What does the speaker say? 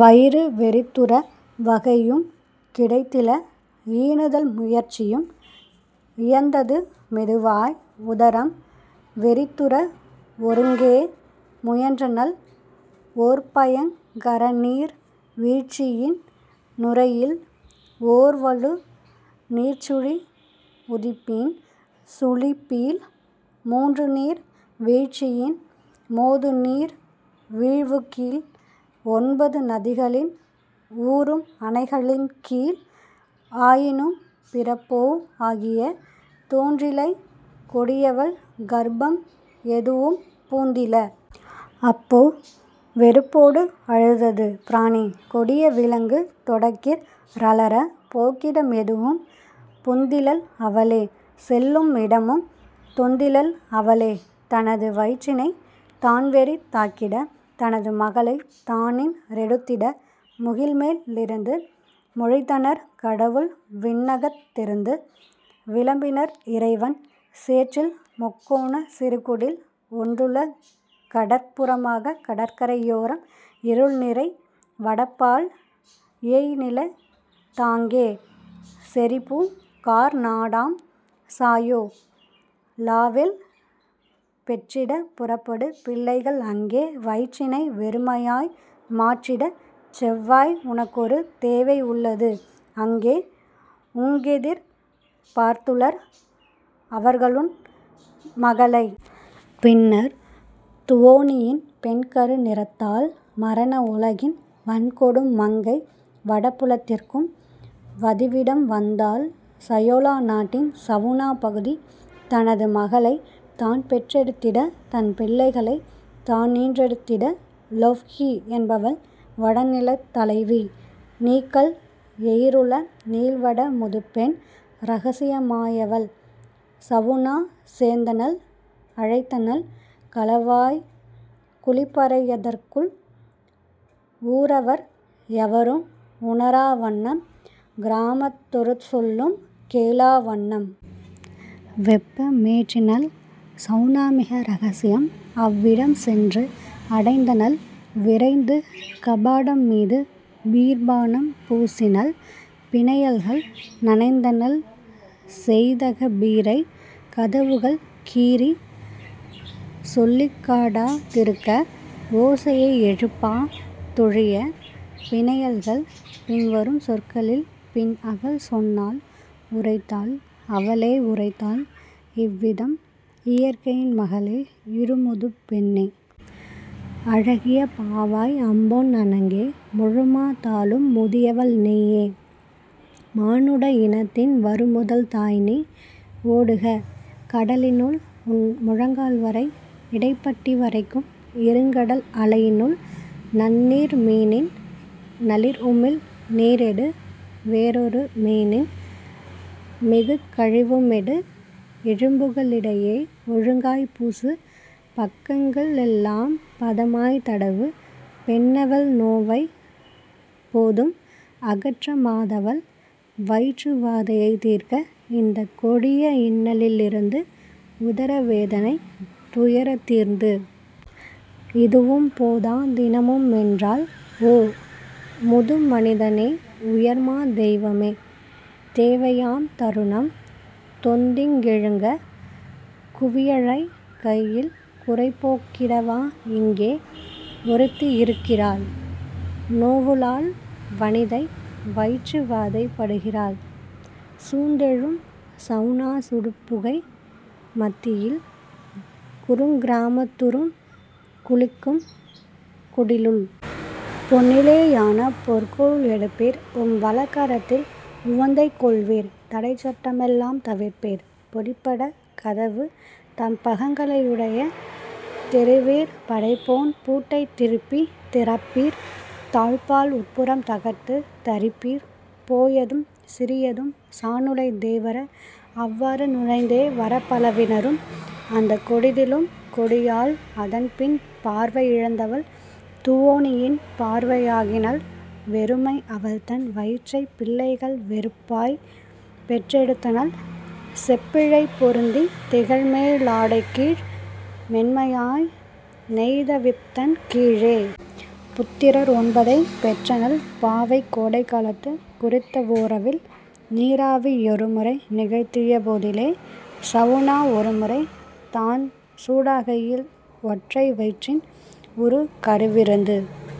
வயிறு வெறிதுற வகையும் கிடைத்தில. ஈனுதல் முயற்சியும் இயைந்தது மெதுவாய் உதரம் வெறிதுற ஒருங்கே முயன்றனள் ஓர்பயங் கரநீர் வீழ்ச்சியின் நுரையில் ஓர்வலு நீர்ச்சுழி உதிப்பின் சுழிப்பில் மூன்றுநீர் வீழ்ச்சியின் மோதுநீர் வீழ்வுகீழ் ஒன்பது நதிகளின் உறும்அணை களின்கீழ் ஆயினும் பிறப்போ ஆகிய தொன்றிலை கொடியவள் கர்ப்பம் எதுவும் புந்தில. அப்போ வெறுப்பொடு அழுதது பிராணி கொடிய விலங்கு தொடங்கிற் றலற போக்கிடம் எதுவும் புந்திலள் அவளே செல்லும் இடமும் தொந்திலள் அவளே தனது வயிற்றினைத் தான்வெறி தாக்கிட தனது மக்களைத் தானீன் றெடுத்திட. முகில்மே லிருந்து மொழிந்தனர் கடவுள் விண்ணகத் திருந்து விளம்பினர் இறைவன்: "சேற்றில்முக் கோணச் சிறுகுடில் ஒன்றுள கடற் புறமாகக் கடற்கரை யோரம் இருள்நிறை வடபால் இயைநிலத் தாங்கே செறிபு கார் நாடாம் சாயோ லாவில்; பெற்றிடப் புறப்படு பிள்ளைகள் அங்கே வயிற்றினை வெறுமையாய் மாற்றிடச் செல்வாய் உனக்கொரு தேவை உள்ளது அங்கே அங்கெதிர் பார்த்துளர் அவர்களுன் மக்களை. " பின்னர் துவோனியின் பெண்கரு நிறத்தாள் மரண உலகின் வன்கொடும் மங்கை வடபுலத் திருக்கும் வதிவிடம் வந்தாள் சாயொலா நாட்டின் சவுனாப் பகுதி தனது மக்களைத் தான்பெற் றெடுத்திட தன்பிள் ளைகளைத் தானீன் றெடுத்திட. லொவ்ஹி என்பவள் வடநிலத் தலைவி நீக்கல் எயிறுள நீள்வட முதுபெண் இரகசிய மாயவள் சவுனாச் சேர்த்தனள் அழைத்தனள் களவாய்க் குளிப்பறை யதற்குள் ஊரவர் எவரும் உணரா வண்ணம் கிராமத் தொருசொலும் கேளா வண்ணம். வெப்பமேற் றினள்சவு னாமிக ரகசியம் அவ்விடம் சென்று அடைந்தனள் விரைந்து கபாடம் மீது பீர் ப் பானம் பூசினள் பிணையல்கள் நனைத்தனள் பெய்தகப் பீரை கதவுகள் கறீச்சொலிக் காட்டா திருக்க ஓசையை எழுப்பா தொழியப் பிணையல்கள். பின்வரும் சொற்களில் பின்அவள் சொன்னாள் உரைத்தாள் அவளே உரைத்தாள் இவ்விதம்: "இயற்கையின் மகளே இருமுது பெண்ணே! அழகிய பாவாய் அம்பொன் அணங்கே! முழுமா தாலும் முதியவள் நீயே! மானுட இனத்தின் வருமுதல் தாய்நீ! ஓடுக, கடலினுள் உன்முழங் கால்வரை, இடைப்பட்டி வரைக்கும் இருங்கடல் அலையினுள் நன்னீர் மீனின் நளிர்உமிழ் நீர்எடு வேறொரு மீனின் மிகுகழி வும்மெடு எலும்புக ளிடையே ஒழுங்காய்ப் பூசு பக்கங்க ளெல்லாம் பதமாய்த் தடவு பெண்ணவள் நோவைப் பொதும் அகற்ற மாதவள் வயிற்று வாதையைத் தீர்க்க இந்தக் கொடிய இன்னலி லிருந்து உதர வேதனைத் துயரத் திருந்து! இதுவும் போதா தின்னமு மென்றால், ஓ, முது மனிதனே, உயர்மா தெய்வமே! தேவையாம் தருணம் தொந்திங் கெழுக கூவியழைக் கையில் குறைபோக் கிடவா இங்கே ஒருத்தி இருக்கிறாள் நோவுளாள் வனிதை வயிற்று வாதைப் படுகிறாள் சூழ்ந்தெழும் சவுனா சுடுபுகை மத்தியில் குறுங்கிரா மத்துறும் குளிக்கும் குடிலுள். பொன்னிலே யான பொற்கோல் எடுப்பீர் உம்வலக் கரத்தில் உவந்ததைக் கொள்வீர் தடைச்சட் டமெலாம் தவிர்ப்பீர் பொடிபட கதவுத் தம்பங் களையுடைத் தெறிவீர் படைப்போன் பூட்டைத் திருப்பித் திறப்பீர் தாழ்ப்பாள் உட்புறம் தகர்த்துத் தறிப்பீர் பொயதும் சிறியதும் சாநுழைந் தேவர அவ்வாறு நுழைந்தே வரப்பல வீனரும்! " அந்தக் கொடிதிலும் கொடியாள் அதன்பின் பார்வை யிழந்தவள் துவோனியின் பாவை ஆக்கினள் வெறுமை அவள்தன் வயிற்றை பிள்ளைகள் வெறுப்பாய்ப் பெற்றே எடுத்தனள் செப்பிழை பொருந்தித் திகழ்மே லாடைகீழ் மென்மையாய் நெய்த விப்பதன் கீழே. புத்திரர் ஒன்பதைப் பெற்றனள் பாவை கோடைகா லத்து குறித்தவோ ரவில் நீராவி யொருமுறை நிகழ்த்திய போதிலே சவுனா ஒருமுறை தான்சூ டாகையில் ஒற்றை வயிற்றின் உறுகரு விருந்து